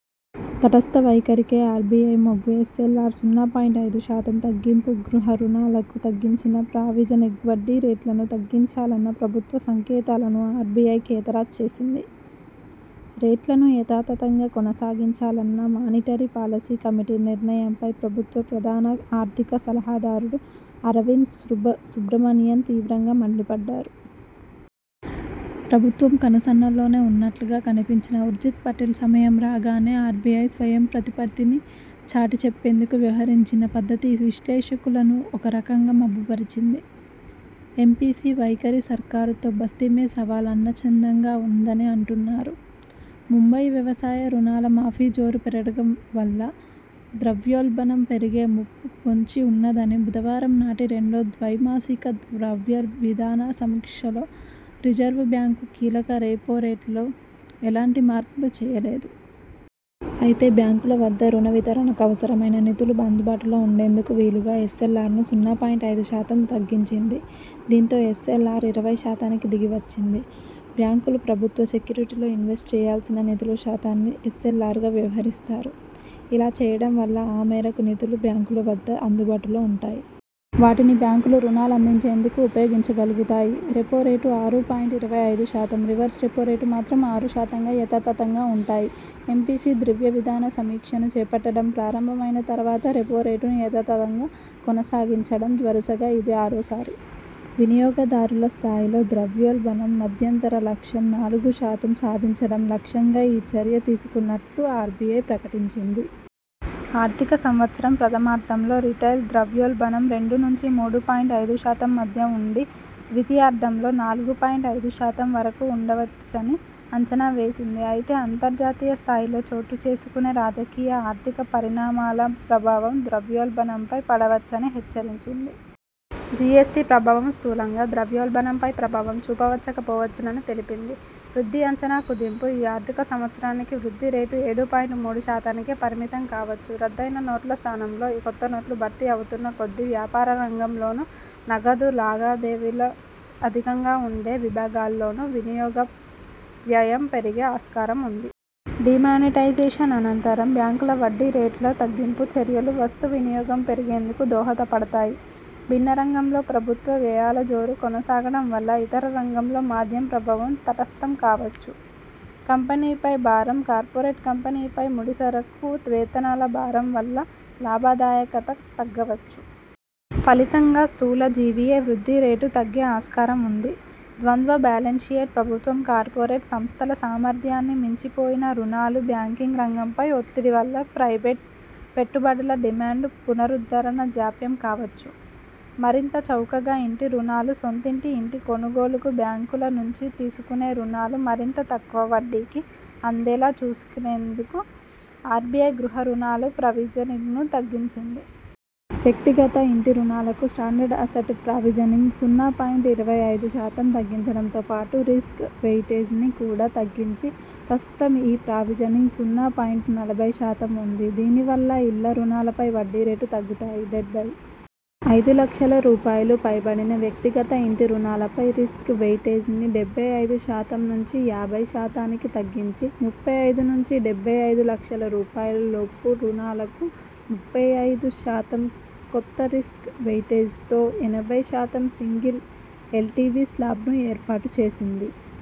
తటస్థ వైఖరికే ఆర్బిఐ మొగ్గుఎస్ఎల్ఆర్ సున్నా పాయింట్ ఐదు శాతం తగ్గింపుగృహ రుణాలకు తగ్గించిన ప్రావిజనింగ్వడ్డీరేట్లను తగ్గించాలన్న ప్రభుత్వ సంకేతాలను ఆర్బిఐ బేఖాతర్ చేసింది. రేట్లను యథాతథంగా కొనసాగించాలన్న మానిటరీ పాలసీ కమిటీ నిర్ణయంపై ప్రభుత్వ ప్రధాన ఆర్థిక సలహాదారుడు అరవింద్ సు సుబ్రమణియన్ తీవ్రంగా మండిపడ్డారు. ప్రభుత్వం కనుసన్నల్లోనే ఉన్నట్టుగా కనిపించిన ఉర్జిత్ పటేల్ సమయం రాగానే ఆర్బిఐ స్వయం ప్రతిపత్తిని చాటి చెప్పేందుకు వ్యవహరించిన పద్ధతి విశ్లేషకులను ఒక రకంగా అబ్బురపర్చింది. ఎంపిసి వైఖరి సర్కారుతో బస్తీమే సవాల్ అన్నచందంగా ఉందని అంటున్నారు. ముంబై వ్యవసాయ రుణాల మాఫీ జోరు పెరగడం వల్ల ద్రవ్యోల్బణం పెరిగే ముప్పు పొంచి ఉన్నదని బుధవారం నాటి రెండో ద్వైమాసిక ద్రవ్య విధాన సమీక్షలో రిజర్వు బ్యాంకు కీలక రెపో రేట్లలో ఎలాంటి మార్పులు చేయలేదు. అయితే బ్యాంకుల వద్ద రుణ వితరణకు అవసరమైన నిధులు అందుబాటులో ఉండేందుకు వీలుగా ఎస్ఎల్ఆర్ను సున్నా పాయింట్ ఐదు శాతం తగ్గించింది. దీంతో ఎస్ఎల్ఆర్ ఇరవై శాతానికి దిగివచ్చింది. బ్యాంకులు ప్రభుత్వ సెక్యూరిటీల్లో ఇన్వెస్ట్ చేయాల్సిన నిధుల శాతాన్ని ఎస్ఎల్ఆర్గా వ్యవహరిస్తారు. ఇలా చేయడం వల్ల ఆ మేరకు నిధులు బ్యాంకుల వద్ద అందుబాటులో ఉంటాయి. వాటిని బ్యాంకులు రుణాలందించేందుకు ఉపయోగించగలుగుతాయి. రెపో రేటు ఆరు పాయింట్ ఇరవై ఐదు శాతం, రివర్స్ రెపో రేటు మాత్రం ఆరు శాతంగా యథాతథంగా ఉంటాయి ఎంపిసి ద్రవ్యవిధాన సమీక్షను చేపట్టడం ప్రారంభమైన తర్వాత రెపో రేటును యథాతథంగా కొనసాగించడం వరుసగా ఇది ఆరోసారి. వినియోగదారుల స్థాయిలో ద్రవ్యోల్బణం మధ్యంతర లక్ష్యం నాలుగు శాతం సాధించడం లక్ష్యంగా ఈ చర్య తీసుకున్నట్టు ఆర్బిఐ ప్రకటించింది. ఆర్థిక సంవత్సరం ప్రథమార్ధంలో రిటైల్ ద్రవ్యోల్బణం రెండు నుంచి మూడు పాయింట్ ఐదు శాతం మధ్య ఉండి ద్వితీయార్ధంలో నాలుగు పాయింట్ ఐదు శాతం వరకు ఉండవచ్చని అంచనా వేసింది అయితే అంతర్జాతీయ స్థాయిలో చోటు చేసుకునే రాజకీయ, ఆర్థిక పరిణామాల ప్రభావం ద్రవ్యోల్బణంపై పడవచ్చునని హెచ్చరించింది. జిఎస్టీ ప్రభావం స్థూలంగా ద్రవ్యోల్బణంపై ప్రభావం చూపకపోవచ్చునని తెలిపింది. వృద్ధి అంచనా కుదింపు ఈ ఆర్థిక సంవత్సరానికి వృద్ధి రేటు ఏడు పాయింట్ మూడు శాతానికే పరిమితంకావచ్చు రద్దయిన నోట్ల స్థానంలో కొత్త నోట్లు భర్తీ అవుతున్న కొద్దీ వ్యాపార రంగంలోను, నగదు లావాదేవీలు అధికంగా ఉండే విభాగాల్లోను వినియోగ వ్యయం పెరిగే ఆస్కారం ఉంది. డీమానిటైజేషన్ అనంతరం బ్యాంకుల వడ్డీ రేట్ల తగ్గింపు చర్యలు వస్తు వినియోగం పెరిగేందుకు దోహదపడతా యి. భిన్న రంగాల్లో ప్రభుత్వం వ్యయాల జోరు కొనసాగడం వల్ల ఇతర రంగాల్లో మాంద్యం ప్రభావం తటస్థం కావచ్చు. కంపెనీలపై భారం కార్పొరేట్ కంపెనీలపై ముడిసరకు, వేతనాల భారం వల్ల లాభదాయకత తగ్గవచ్చు. ఫలితంగా స్థూల జివిఎ వృద్ధి రేటు తగ్గే ఆస్కారం ఉంది. ద్వంద్వ బ్యాలెన్స్షీట్ ప్రభావం-కార్పొరేట్ సంస్థల సామర్థ్యాన్ని మించిపోయిన రుణాలు, బ్యాంకింగ్ రంగంపై ఒత్తిడి-వల్ల ప్రైవేటు పెట్టుబడుల డిమాండు పునరుద్ధరణ జాప్యం కావచ్చు. మరింత చౌకగా ఇంటి రుణాలు సొంతింటి ఇంటి కొనుగోలుకు బ్యాంకుల నుంచి తీసుకునే రుణాలు మరింత తక్కువ వడ్డీకి అందేలా చూసేందుకు ఆర్బిఐ గృహ రుణాల ప్రావిజనింగ్ను తగ్గించింది. వ్యక్తిగత ఇంటి రుణాలకు స్టాండర్డ్ అసెట్ ప్రావిజనింగ్ సున్నా పాయింట్ ఇరవై ఐదు శాతం తగ్గించడంతో పాటు రిస్క్ వెయిటేజ్ని కూడా తగ్గించింది ప్రస్తుతం ఈ ప్రావిజనింగ్ సున్నా పాయింట్ నలభై శాతం ఉంది దీని వల్ల ఇళ్ల రుణాలపై వడ్డీ రేట్లు తగ్గుతాయి. డెబ్బై ఐదు లక్షల రూపాయలు పైబడిన వ్యక్తిగత ఇంటి రుణాలపై రిస్క్ వెయిటేజ్ని డెబ్బై ఐదు శాతం నుంచి యాభై శాతానికి తగ్గించింది ముప్పై నుంచి డెబ్బై ఐదు లక్షల రూపాయల లోపు రుణాలకు ముప్పై ఐదు శాతం కొత్త రిస్క్ వెయిటేజ్తో ఎనభై శాతం సింగిల్ ఎల్టివి శ్లాబ్ను ఏర్పాటు చేసింది